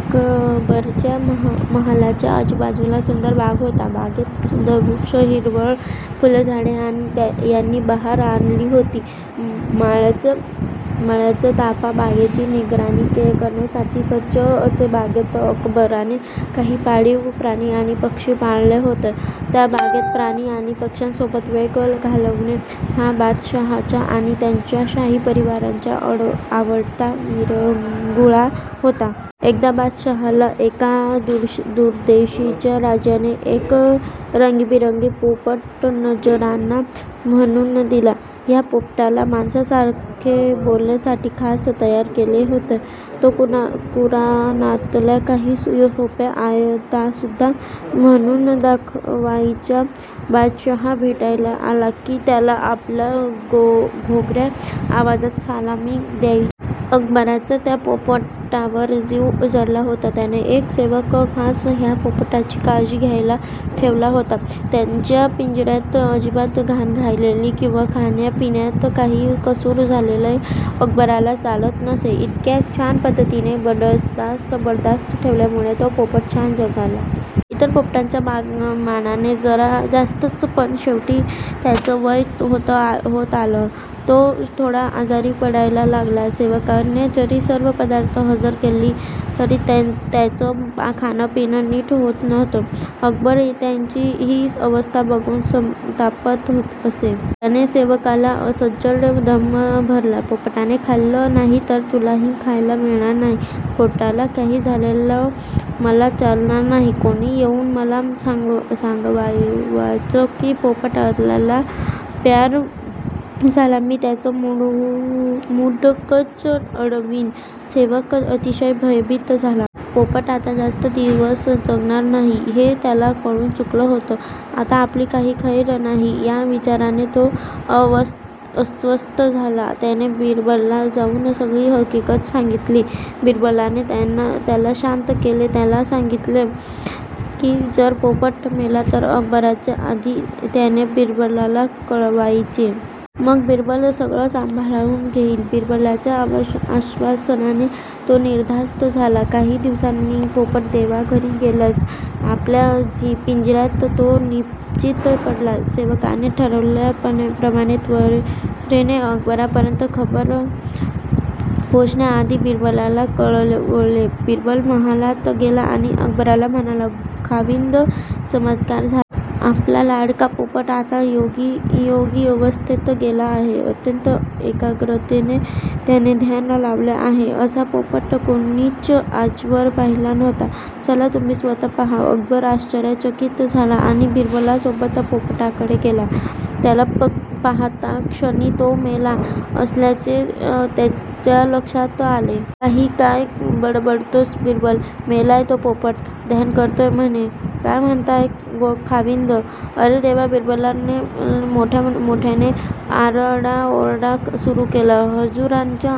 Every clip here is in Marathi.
अकबराच्या महालाच्या आजूबाजूला सुंदर बाग होती. बागेत सुंदर वृक्ष, हिरवळ, फुलझाडे यांनी बहार आणली होती. माळ्यांचा ताफा बागेची निगराणी करण्यासाठी सज्ज असे. बागेत अकबराने काही पाळीव प्राणी आणि पक्षी पाळले होते. त्या बागेत प्राणी आणि पक्ष्यांसोबत वेळ घालवणे हा बादशहाचा आणि त्याच्या शाही परिवाराचा आवडता विरंगुळा होता. एकदा बादशहाला एका दूरदेशीच्या राजाने एक रंगीबिरंगी पोपट नजराणा म्हणुन दिला. ह्या पोपटाला माणसासारखे बोलण्यासाठी खास तयार केले होते. तो कुराणातल्या काही सोप्या आयतासुद्धा म्हणुन दाखवायचा. बादशहा भेटायला आला कि त्याला आपल्या घोगऱ्या आवाजात सलामी द्यायचा. अकबराचा त्या पोपटावर जीव जडला होता. त्याने एक सेवक खास ह्या पोपटाची काळजी घ्यायला ठेवला होता. त्याच्या पिंजऱ्यात अजिबात घाण राहिलेली किंवा खाण्या पिण्यात काही कसुर झालेली अकबराला चालत नसे. इतक्या छान पद्धतीने बडदास्त ठेवल्यामुळे तो पोपट छान जगला. इतर पोपटांच्या मानाने जरा जास्तच. पण शेवटी त्याचं वय होत आलं. तो थोडा आजारी पडायला लागला. सेवकाने जरी सर्व पदार्थ हजर केले तरी त्याचं खाणं पिणं नीट होत नव्हतं. अकबर त्याची हि अवस्था बघुन संतापत असे. त्याने सेवकाला सज्जड दम भरला. पोपटाने खाल्लं नाही तर तुलाही खायला मिळणार नाही. पोपटाला काही झालेलं मला चालणार नाही. कोणी येऊन मला सांगावंच कि पोपट अल्लाला प्यारा झाला, मी त्याचं मुंडकंच उडवीन. सेवक अतिशय भयभीत झाला. पोपट आता जास्त दिवस जगणार नाही हे त्याला कळुन चुकलं होतं. आता आपली काही खैर नाही या विचाराने तो अस्वस्थ झाला. त्याने बिरबलाला जाऊन सगळी हकीकत सांगितली. बिरबलाने त्याला शांत केले. त्याला सांगितले कि जर पोपट मेला तर अकबराच्या आधी त्याने बिरबलाला कळवायचे. मग बिरबल सगळं सांभाळुन घेईल. बिरबलाच्या आश्वासनाने तो निर्धास्त झाला. काही दिवसांनी पोपट देवाघरी गेलाच. आपल्या पिंजऱ्यात तो निपचित पडला. सेवकाने ठरल्याप्रमाणे त्वरेने अकबरापर्यंत खबर पोचण्याआधी बिरबलाला कळवले. बिरबल महालात गेला आणि अकबराला म्हणाला खाविंद, चमत्कार झाला. आपला लाडका पोपट आता योगी अवस्थेत गेला आहे. अत्यंत एकाग्रतेने त्याने ध्यान लावले आहे. असा पोपट कोणीच आजवर पाहिला नव्हता. चला तुम्ही स्वतः पहा. अकबर आश्चर्यचकित झाला आणि बिरबलसोबत पोपटाकडे गेला. त्याला पाहताक्षणी तो मेला असल्याचे त्याच्या लक्षात आले. काहीही काय बडबडतोस बिरबल? मेलाय तो पोपट. ध्यान करतोय म्हणे. काय म्हणताय खाविंद? अरे देवा बिरबलाने मोठमोठ्याने आरडाओरडा सुरु केला. हुजुरांचा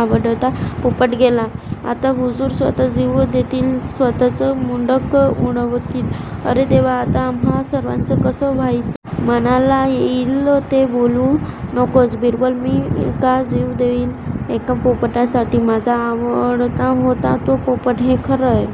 आवडता पोपट गेला. आता हुजूर स्वतः जीव देतील, स्वतःचं मुंडकं उडवतील. अरे देवा आता आम्हा सर्वांचं कसं व्हावं. मनाला येईल ते बोलु नकोस, बिरबल. मी का जीव देईन एका पोपटासाठी? माझा आवडता होता तो पोपट हे खरंय,